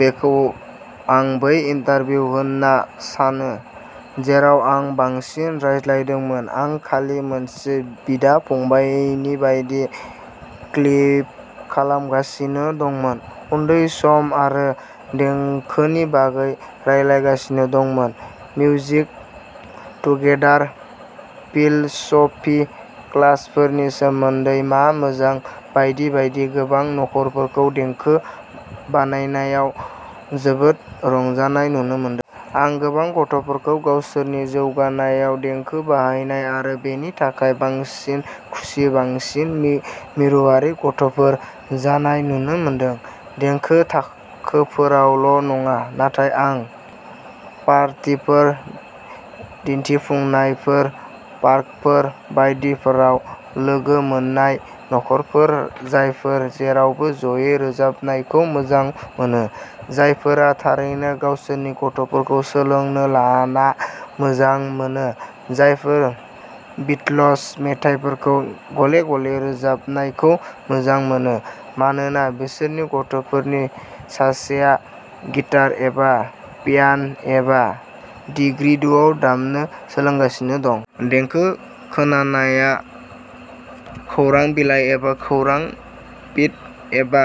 बेखौ आं बै इन्टारभिउ होनना सानो जेराव आं बांसिन रायज्लायदोंमोन। आं खालि मोनसे बिदा-फंबायनि बायदि क्लिप खालामगासिनो दंमोन, उन्दै सम आरो देंखोनि बागै रायलायगासिनो दंमोन, मिउजिक टुगेदार फिलसफी, क्लासफोरनि सोमोन्दै मा मोजां बायदि बायदि गोबां नखरफोरखौ देंखो बानायनायाव जोबोद रंजानाय नुनो मोनदों। आं गोबां गथ'फोरखौ गावसोरनि जौगानायाव देंखो बाहायनाय आरो बेनि थाखाय बांसिन खुसि, बांसिन मिरुआरि गथ'फोर जानाय नुनो मोनदों। देंखो थाखोफोरावल' नङा, नाथाय आं पार्टीफोर, दिन्थिफुंनायफोर, पार्कफोर बायदिफोराव लोगो मोन्नाय नखरफोर, जायफोर जेरावबो ज'यै रोजाबनायखौ मोजां मोनो, जायफोरा थारैनो गावसोरनि गथ'फोरखौ सोलोंनो लाना मोजां मोनो, जायफोरा बीटल्स मेथाइफोरखौ गले-गले रोजाबनायखौ मोजां मोनो मानोना बिसोरनि गथ'फोरनि सासेया गिटार, एबा पियान एबा डिगग्रीडुआव दामनो सोलोंगासिनो दं। देंखो खोनानाया खौरां बिलाइ एबा खौरां फिड एबा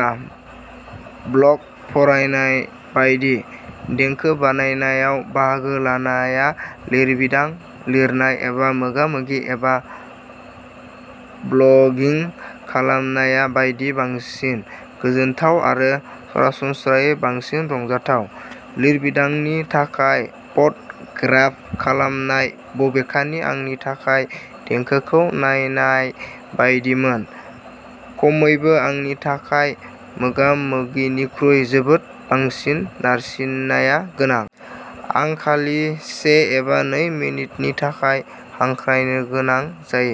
ब्लग फरायनाय बायदि। देंखो बानायनायाव बाहागो लानायआ लिरबिदां लिरनाय एबा मोगा-मोगि एबा ब्लगिं खालामनाया बायदि, बांसिन गोजोनथाव आरो सरासनस्रायै बांसिन रंजाथाव। लिरबिदांनि थाखाय फट ग्राफ खालामनाय, बबेखानि, आंनि थाखाय देंखोखौ नायनाय बायदिमोन, खमैबो आंनि थाखाय मोगा-मोगिनिख्रुइ जोबोद बांसिन नारसिननाया गोनां। आं खालि से एबा नै मिनिटनि थाखाय हांख्रायनो गोनां जायो।